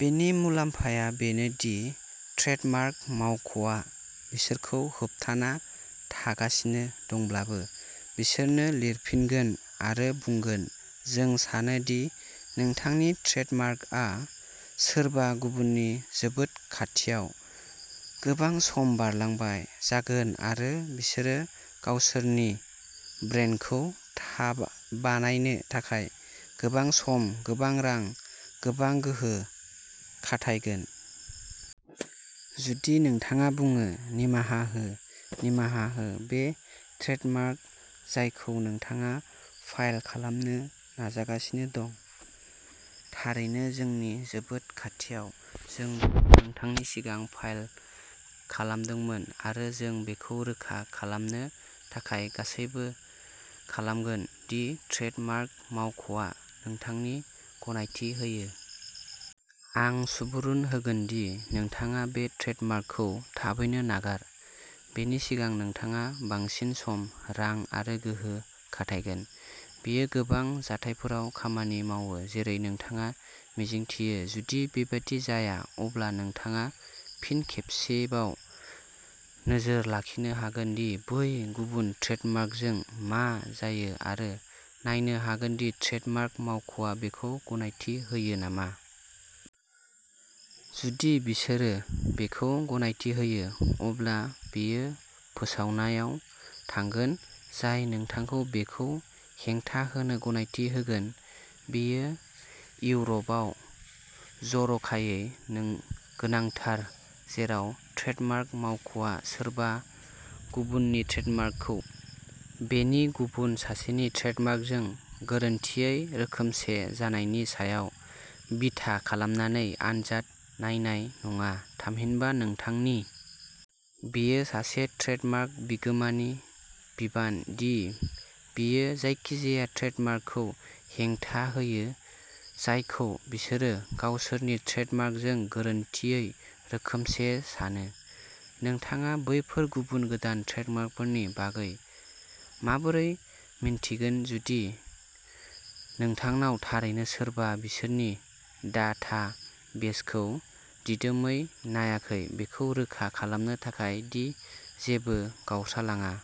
बेनि मुलाम्फाया बेनो दि ट्रेडमार्क मावख'आ बिसोरखौ होबथानो थांगासिनो दंब्लाबो, बिसोरनो लिरफिनगोन आरो बुंगोन, "जों सानो दि नोंथांनि ट्रेडमार्कआ सोरबा गुबुननि जोबोद खाथियाव", गोबां सम बारलांबाय जागोन आरो बिसोरो गावसोरनि ब्रान्डखौ बानायनो थाखाय गोबां सम, गोबां रां, गोबां गोहो खाथायगोन। जुदि नोंथाङा बुङो, "निमाहा हो, निमाहा हो, बे ट्रेडमार्क जायखौ नोंथाङा फाइल खालामनो नाजागासिनो दं, थारैनो जोंनि जोबोद खाथियाव। जों बेखौ नोंथांनि सिगां फाइल खालामदोंमोन आरो जों बेखौ रोखा खालामनो थाखाय गासैबो खालामगोन दि ट्रेडमार्क मावख'आ नोंथांनि गनायथि होआ। आं सुबुरुन होगोन दि नोंथाङा बे ट्रेडमार्कखौ थाबैनो नागार, बेनि सिगां नोंथाङा बांसिन सम, रां आरो गोहो खाथायगोन। " बेयो गोबां जाथायफोराव खामानि मावो-जेरै नोंथाङा मिजिंथियो। जुदि बेबादि जाया, अब्ला नोंथाङा फिन खेबसेबाव नोजोर लाखिनो हागोन दि बै गुबुन ट्रेडमार्कजों मा जायो आरो नायनो हागोन दि ट्रेडमार्क मावख'आ बेखौ गनायथि होयो नामा। जुदि बिसोरो बेखौ गनायथि होयो, अब्ला बेयो फोसावनायाव थांगोन, जाय नोंथांखौ बेखौ हेंथा होनो गनायथि होगोन। बेयो इउर'पआव जर'खायै गोनांथार, जेराव ट्रेडमार्क मावख'आ सोरबा गुबुननि ट्रेडमार्कखौ बेनि गुबुन सासेनि ट्रेडमार्कजों गोरोन्थियै रोखोमसे जानायनि सायाव बिथा खालामनानै आनजाद नायनाय नङा, थामहिनबा नोंथांनि। बेयो सासे ट्रेडमार्क बिगोमानि बिबान दि बियो जायखिजाया ट्रेडमार्कखौ हेंथा होयो, जायखौ बिसोरो गावसोरनि ट्रेडमार्कजों गोरोन्थियै रोखोमसे सानो। नोंथाङा बैफोर गुबुन गोदान ट्रेडमार्कफोरनि बागै माबोरै मिन्थिगोन जुदि नोंथांनाव थारैनो सोरबा बिसोरनि डाटाबेसखौ दिदोमै नायाखै, बेखौ रोखा खालामनो थाखाय दि जेबो गावस्रालाङा?